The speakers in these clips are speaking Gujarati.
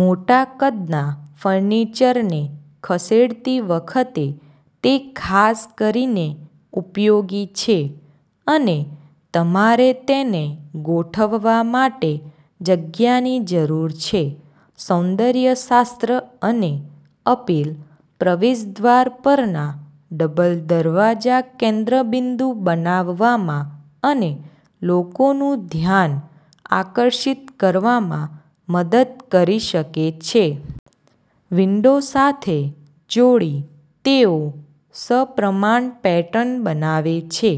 મોટા કદના ફર્નિચરને ખસેડતી વખતે તે ખાસ કરીને ઉપયોગી છે, અને તમારે તેને ગોઠવવા માટે જગ્યાની જરૂર છે. સૌંદર્ય શાસ્ત્ર અને અપીલ: પ્રવેશદ્વાર પરના ડબલ દરવાજા કેન્દ્રબિંદુ બનાવવામાં અને લોકોનું ધ્યાન આકર્ષિત કરવામાં મદદ કરી શકે છે. વિન્ડો સાથે જોડી, તેઓ સપ્રમાણ પેટર્ન બનાવે છે.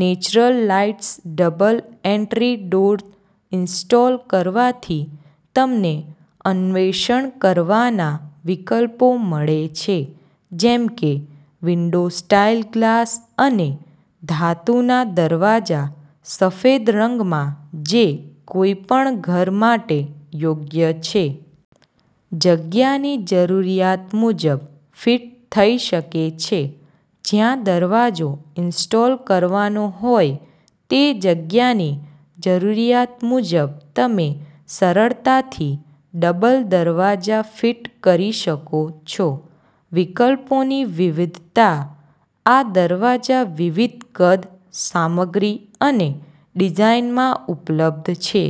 Natural lights double entry door install કરવાથી તમને અન્વેષણ કરવાના વિકલ્પો મળે છે, જેમ કે વિન્ડો-સ્ટાઇલ ગ્લાસ અને ધાતુના દરવાજા સફેદ રંગમાં જે કોઈપણ ઘર માટે યોગ્ય છે. જગ્યાની જરૂરિયાત મુજબ ફિટ થઈ શકે છે જ્યાં દરવાજો ઇન્સ્ટોલ કરવાનો હોય તે જગ્યાની જરૂરિયાત મુજબ તમે સરળતાથી ડબલ દરવાજા ફિટ કરી શકો છો. વિકલ્પોની વિવિધતાઆ દરવાજા વિવિધ કદ, સામગ્રી અને ડિઝાઇનમાં ઉપલબ્ધ છે.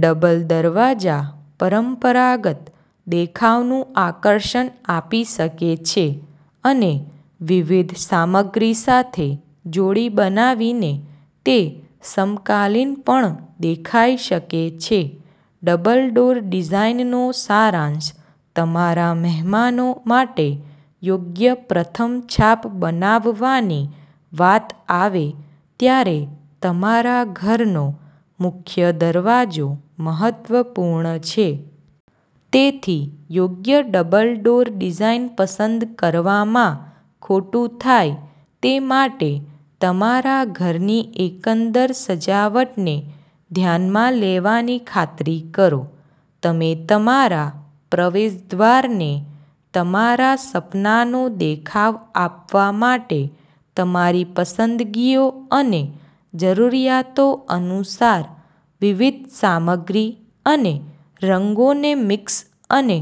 ડબલ દરવાજા પરંપરાગત દેખાવનું આકર્ષણ આપી શકે છે, અને વિવિધ સામગ્રી સાથે જોડી બનાવીને, તે સમકાલીન પણ દેખાઈ શકે છે. ડબલ ડોર ડિઝાઇનનો સારાંશ તમારા મહેમાનો માટે યોગ્ય પ્રથમ છાપ બનાવવાની વાત આવે ત્યારે તમારા ઘરનો મુખ્ય દરવાજો મહત્વપૂર્ણ છે. તેથી, યોગ્ય ડબલ ડોર ડિઝાઇન પસંદ કરવામાં ખોટુંથાય તે માટે તમારા ઘરની એકંદર સજાવટને ધ્યાનમાં લેવાની ખાતરી કરો. તમે તમારા પ્રવેશદ્વારને તમારા સપનાનો દેખાવ આપવા માટે તમારી પસંદગીઓ અને જરૂરિયાતો અનુસાર વિવિધ સામગ્રી અને રંગોને મિક્સ અને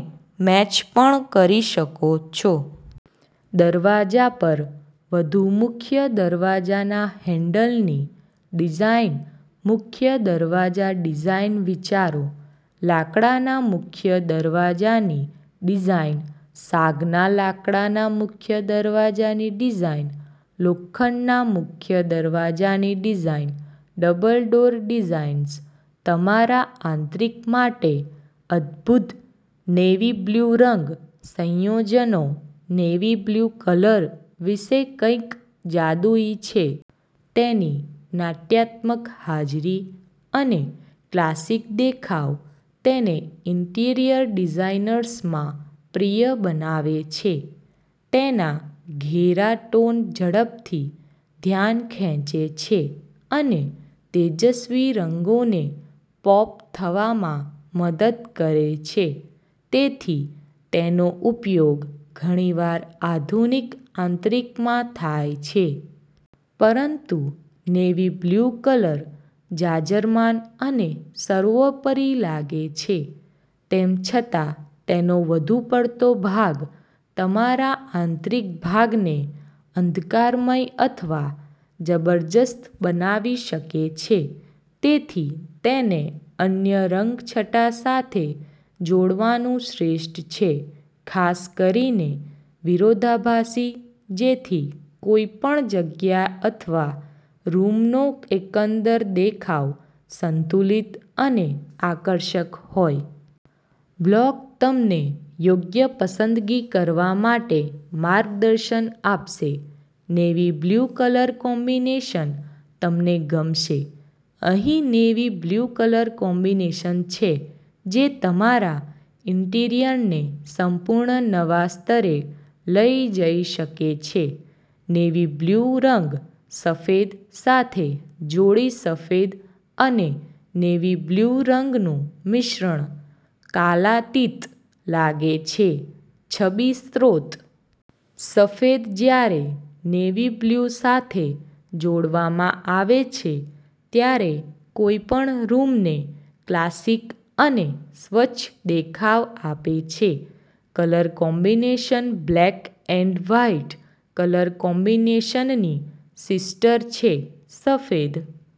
મેચ પણ કરી શકો છો. દરવાજા પર વધુ મુખ્ય દરવાજાના હેન્ડલની ડિઝાઇન મુખ્ય દરવાજા ડિઝાઇન વિચારો લાકડાના મુખ્ય દરવાજાની ડિઝાઇન સાગના લાકડાના મુખ્ય દરવાજાની ડિઝાઇન લોખંડના મુખ્ય દરવાજાની ડિઝાઇન ડબલ ડોર ડિઝાઇન્સ તમારા આંતરિક માટે અદભૂત નેવી બ્લુ રંગ સંયોજનો નેવી-બ્લુ કલર વિશે કંઈક જાદુઈ છે. તેની નાટ્યાત્મક હાજરી અને ક્લાસિક દેખાવ તેને ઇન્ટિરિયર ડિઝાઇનર્સમાં પ્રિય બનાવે છે. તેના ઘેરા ટોન ઝડપથી ધ્યાન ખેંચે છે અને તેજસ્વી રંગોને પોપ થવામાં મદદ કરે છે. તેથીતેનો ઉપયોગ ઘણીવાર આધુનિક આંતરિકમાં થાય છે. પરંતુ નેવી-બ્લુ કલર જાજરમાન અને સર્વોપરી લાગે છે, તેમ છતાં તેનો વધુ પડતો ભાગ તમારા આંતરિક ભાગને અંધકારમય અથવા જબરજસ્ત બનાવી શકે છે. તેથી, તેને અન્ય રંગછટા સાથે જોડવાનું શ્રેષ્ઠ છે, ખાસ કરીને વિરોધાભાસી, જેથી કોઈપણ જગ્યા અથવા રૂમનો એકંદર દેખાવ સંતુલિત અને આકર્ષક હોય. બ્લોગ તમને યોગ્ય પસંદગી કરવા માટે માર્ગદર્શન આપશે. નેવી-બ્લુ કલર કોમ્બિનેશન તમને ગમશે અહીં નેવી-બ્લુ કલર કોમ્બિનેશન છે જે તમારા ઈન્ટિરિયરને સંપૂર્ણ નવા સ્તરે લઈ જઈ શકે છે. નેવી-બ્લુ રંગ સફેદ સાથે જોડીસફેદ અને નેવી-બ્લુ રંગનું મિશ્રણ કાલાતીત લાગે છે છબી સ્ત્રોત. સફેદ, જ્યારે નેવી-બ્લુ સાથે જોડવામાં આવે છે, ત્યારે કોઈપણ રૂમને ક્લાસિક અને સ્વચ્છ દેખાવ આપે છે. Colour combination black and white colour કોમ્બિનેશનની સિસ્ટર છે. સફેદ